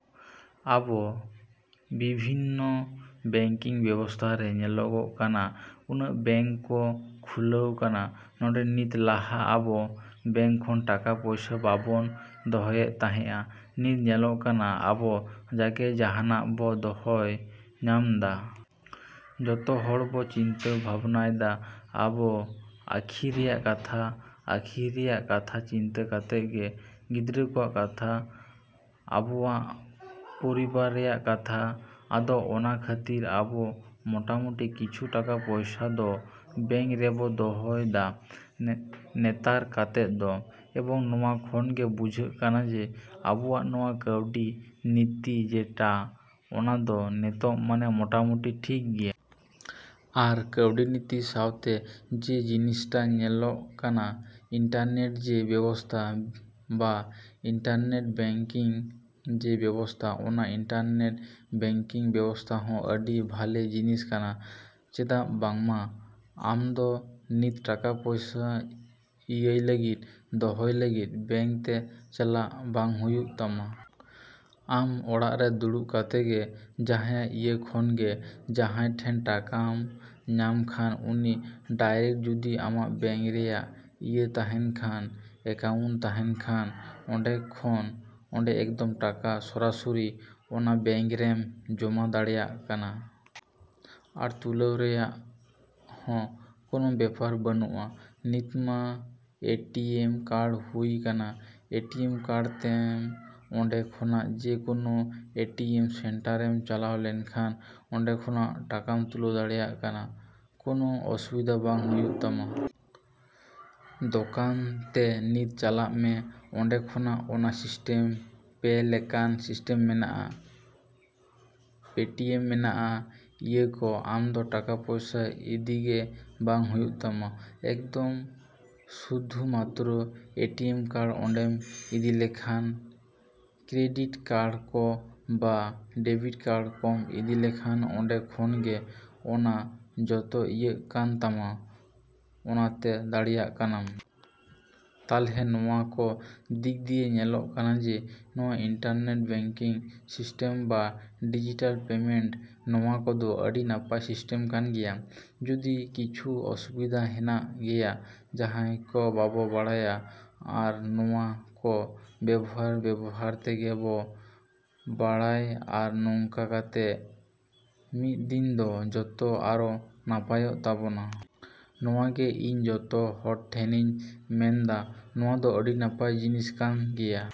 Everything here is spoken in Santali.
‎ᱟᱵᱚ ᱵᱤᱵᱷᱤᱱᱱᱚ ᱵᱮᱝᱠᱤᱝ ᱵᱮᱵᱚᱥᱛᱟ ᱨᱮ ᱧᱮᱞᱚᱜ ᱠᱟᱱᱟ, ᱩᱱᱟᱹᱜ ᱵᱮᱝᱠ ᱠᱚ ᱠᱷᱩᱞᱟᱹᱣ ᱠᱟᱱᱟ ᱱᱚᱰᱮ ᱱᱤᱛ ᱞᱟᱦᱟ ᱟᱵᱚ ᱵᱮᱝᱠ ᱠᱷᱚᱱ ᱴᱟᱠᱟ ᱯᱚᱭᱥᱟ ᱵᱟᱵᱚᱱ ᱫᱚᱦᱚᱭᱮᱫ ᱛᱟᱦᱮᱸᱜᱼᱟ, ᱱᱤᱛ ᱧᱮᱞᱚᱜ ᱠᱟᱱᱟ ᱟᱵᱚ ᱡᱟᱜᱮ ᱡᱟᱦᱟᱸᱱᱟᱜ ᱵᱚ ᱫᱚᱦᱚᱭ ᱧᱟᱢ ᱫᱟ᱾ ᱡᱚᱛᱚ ᱦᱚᱲ ᱵᱚ ᱪᱤᱱᱛᱟᱹ ᱵᱷᱟᱵᱽᱱᱭ ᱫᱟ ᱟᱵᱚ ᱟᱠᱷᱤᱨ ᱨᱮᱱᱟᱜ ᱠᱟᱛᱷᱟ, ᱟᱠᱷᱤᱨ ᱨᱮᱱᱟᱜ ᱠᱟᱛᱷᱟ ᱪᱤᱱᱛᱟᱹ ᱠᱟᱛᱮᱜ ᱜᱮ ᱜᱤᱫᱽᱨᱟᱹ ᱠᱚᱣᱟᱜ ᱠᱟᱛᱷᱟ, ᱟᱵᱚᱣᱟᱜ ᱯᱚᱨᱤᱵᱟᱨ ᱨᱮᱱᱟᱜ ᱠᱟᱛᱷᱟ ᱟᱫᱚ ᱚᱱᱟ ᱠᱷᱟᱹᱛᱤᱨ ᱟᱵᱚ ᱢᱚᱴᱟᱢᱩᱴᱤ ᱠᱤᱪᱷᱩ ᱴᱟᱠᱟ ᱯᱚᱭᱥᱟ ᱫᱚ ᱵᱮᱝᱠ ᱨᱮᱵᱚ ᱫᱚᱦᱚᱭ ᱫᱟ ᱱᱮᱛᱟᱨ ᱠᱟᱛᱮᱜ ᱫᱚ, ᱮᱵᱚᱝ ᱱᱚᱣᱟ ᱠᱷᱚᱱ ᱜᱮ ᱵᱩᱡᱷᱟᱹᱜ ᱠᱟᱱᱟ ᱡᱮ ᱟᱵᱚᱣᱟᱜ ᱱᱚᱣᱟ ᱠᱟᱹᱣᱰᱤ ᱱᱤᱛᱤ ᱡᱮᱴᱟ ᱚᱱᱟ ᱫᱚ ᱱᱤᱛᱚᱜ ᱢᱟᱱᱮ ᱢᱚᱴᱟᱢᱩᱴᱤ ᱴᱷᱤᱠ ᱜᱮᱭᱟ᱾ ᱟᱨ ᱠᱟᱣᱰᱤ ᱱᱤᱛᱤ ᱥᱟᱶᱛᱮ ᱡᱮ ᱡᱤᱱᱤᱥᱴᱟ ᱧᱮᱞᱚᱜ ᱠᱟᱱᱟ ᱤᱱᱴᱟᱨᱱᱮᱹᱴ ᱡᱮ ᱵᱮᱵᱚᱥᱛᱷᱟ ᱵᱟ ᱤᱱᱴᱟᱨᱱᱮᱹᱴ ᱵᱮᱝᱠᱤᱝ ᱡᱮ ᱵᱮᱵᱚᱥᱛᱟ ᱚᱱᱟ ᱤᱱᱴᱟᱨᱱᱮᱹᱴ ᱵᱮᱝᱠᱤᱝ ᱵᱮᱵᱚᱥᱛᱟ ᱦᱚᱸ ᱟᱰᱤ ᱵᱷᱟᱞᱮ ᱡᱤᱱᱤᱥ ᱠᱟᱱᱟ᱾ ᱪᱮᱫᱟᱜ ᱵᱟᱝᱢᱟ ᱟᱢᱫᱚ ᱱᱤᱛ ᱴᱟᱠᱟ ᱯᱚᱭᱥᱟ ᱤᱭᱟᱹᱭ ᱞᱟᱹᱜᱤᱫ, ᱫᱚᱦᱚᱭ ᱞᱟᱹᱜᱤᱫ ᱵᱮᱝᱠ ᱛᱮ ᱪᱟᱞᱟᱜ ᱵᱟᱝ ᱦᱩᱭᱩᱜ ᱛᱟᱢᱟ᱾ ᱟᱢ ᱚᱲᱟᱜ ᱨᱮ ᱫᱩᱲᱩᱵ ᱠᱟᱛᱮᱜ ᱜᱮ ᱡᱟᱦᱟᱸᱭᱟᱜ ᱤᱭᱟᱹ ᱠᱷᱚᱱ ᱜᱮ, ᱡᱟᱦᱟᱸᱭ ᱴᱷᱮᱱ ᱴᱟᱠᱟᱢ ᱧᱟᱢ ᱠᱷᱟᱱ ᱩᱱᱤ ᱰᱟᱭᱨᱮᱠᱴ ᱡᱩᱫᱤ ᱟᱢᱟᱜ ᱵᱮᱝᱠ ᱨᱮᱭᱟᱜ ᱤᱭᱟᱹ ᱛᱟᱦᱮᱸᱱ ᱠᱷᱟᱱ ᱮᱠᱟᱣᱩᱱᱴ ᱛᱟᱦᱮᱸᱱ ᱠᱷᱟᱱ ᱚᱸᱰᱮ ᱠᱷᱚᱱ ᱚᱸᱰᱮ ᱮᱠᱫᱚᱢ ᱴᱟᱠᱟ ᱥᱚᱨᱟᱥᱚᱨᱤ ᱚᱱᱟ ᱵᱮᱝᱠ ᱨᱮᱢ ᱡᱚᱢᱟ ᱫᱟᱲᱮᱭᱟᱜ ᱠᱟᱱᱟ᱾ ᱟᱨ ᱛᱩᱞᱟᱹᱣ ᱨᱮᱱᱟᱜ ᱦᱚᱸ ᱠᱚᱱᱚ ᱵᱮᱯᱟᱨ ᱵᱟᱱᱩᱜᱼᱟ ᱱᱤᱛ ᱢᱟ ᱮ ᱴᱤ ᱮᱢ ᱠᱟᱨᱰ ᱦᱩᱭ ᱠᱟᱱᱟ ᱮ ᱴᱤ ᱮᱢ ᱠᱟᱨᱰ ᱛᱮᱢ ᱚᱸᱰᱮ ᱠᱷᱚᱱᱟᱜ ᱡᱮ ᱠᱳᱱᱳ ᱮ ᱴᱤ ᱮᱢ ᱥᱮᱱᱴᱟᱨᱮᱢ ᱪᱟᱞᱟᱣ ᱞᱮᱱᱠᱷᱟᱱ ᱚᱸᱰᱮ ᱠᱷᱚᱱᱟᱜ ᱴᱟᱠᱟᱢ ᱛᱩᱞᱟᱹᱣ ᱫᱟᱲᱮᱭᱟᱜ ᱠᱟᱱᱟ, ᱠᱚᱱᱚ ᱚᱥᱩᱵᱤᱫᱟ ᱵᱟᱝ ᱦᱩᱭᱩᱜ ᱛᱟᱢᱟ᱾ ᱫᱚᱠᱟᱱ ᱛᱮ ᱱᱤᱛ ᱪᱟᱞᱟᱜ ᱢᱮ ᱚᱸᱰᱮ ᱠᱷᱚᱱᱟᱜ ᱚᱱᱟ ᱥᱤᱥᱴᱮᱢ ᱯᱮ ᱞᱮᱠᱟᱱ ᱥᱤᱥᱴᱮᱢ ᱢᱮᱱᱟᱜᱼᱟ, ᱯᱮᱴᱤᱮᱢ ᱢᱮᱱᱟᱜᱼᱟ ᱤᱭᱟᱹ ᱠᱚ, ᱟᱢ ᱫᱚ ᱴᱟᱠᱟ ᱯᱚᱭᱥᱟ ᱤᱫᱤᱜᱮ ᱵᱟᱝ ᱦᱩᱭᱩᱜ ᱛᱟᱢᱟ ᱮᱠᱫᱚᱢ ᱥᱩᱫᱷᱩᱢᱟᱛᱨᱚ ᱮ ᱴᱤ ᱮᱢ ᱠᱟᱨᱰ ᱚᱸᱰᱮᱢ ᱤᱫᱤᱞᱮᱠᱷᱟᱱ ᱠᱨᱮᱰᱤᱴ ᱠᱟᱨᱰ ᱠᱚ ᱵᱟ ᱰᱮᱹᱵᱤᱴ ᱠᱟᱨᱰ ᱠᱚᱢ ᱤᱫᱤ ᱞᱮᱠᱷᱟᱱ ᱚᱸᱰᱮ ᱠᱷᱚᱱ ᱜᱮ ᱚᱱᱟ ᱡᱚᱛᱚ ᱤᱭᱟᱹᱜ ᱠᱟᱱ ᱛᱟᱢᱟ ᱚᱱᱟᱛᱮ ᱫᱟᱲᱮᱭᱟᱜ ᱠᱟᱱᱟᱢ᱾ ᱛᱟᱞᱦᱮ ᱱᱚᱣᱟ ᱠᱚ ᱫᱤᱠ ᱫᱤᱭᱮ ᱧᱮᱞᱚᱜ ᱠᱟᱱᱟ ᱡᱮ ᱱᱚᱣᱟ ᱤᱱᱴᱟᱨᱱᱮᱹᱴ ᱵᱮᱝᱠᱤᱝ ᱥᱤᱥᱴᱮᱢ ᱵᱟ ᱰᱤᱡᱤᱴᱟᱞ ᱯᱮᱢᱮᱱᱴ ᱱᱚᱣᱟ ᱠᱚᱫᱚ ᱟᱰᱤ ᱱᱟᱯᱟᱭ ᱥᱤᱥᱴᱮᱢ ᱠᱟᱱ ᱜᱮᱭᱟ, ᱡᱚᱫᱤ ᱠᱤᱪᱷᱩ ᱚᱥᱵᱤᱫᱟ ᱦᱮᱱᱟᱜ ᱜᱮᱭᱟ ᱡᱟᱦᱟᱸᱭ ᱠᱚ ᱵᱟᱵᱚ ᱵᱟᱲᱟᱭᱟ, ᱟᱨ ᱱᱚᱣᱟ ᱠᱚ ᱵᱮᱵᱚᱦᱟᱨ ᱵᱮᱵᱚᱦᱟᱨ ᱛᱮᱜᱮ ᱵᱚ ᱵᱟᱲᱟᱭ ᱟᱨ ᱱᱚᱝᱠᱟ ᱛᱮᱜᱮ ᱢᱤᱫ ᱫᱤᱱ ᱫᱚ ᱡᱚᱛᱚ ᱟᱨᱚ ᱱᱟᱯᱟᱭᱚᱜ ᱛᱟᱵᱚᱱᱟ᱾ ᱱᱚᱣᱟ ᱜᱮ ᱤᱧ ᱡᱚᱛᱚ ᱦᱚᱲ ᱴᱷᱮᱱᱤᱧ ᱢᱮᱱ ᱫᱟ ᱱᱚᱣᱟ ᱫᱚ ᱟᱰᱤ ᱱᱟᱯᱟᱭ ᱡᱤᱱᱤᱥ ᱠᱟᱱ ᱜᱮᱭᱟ᱾।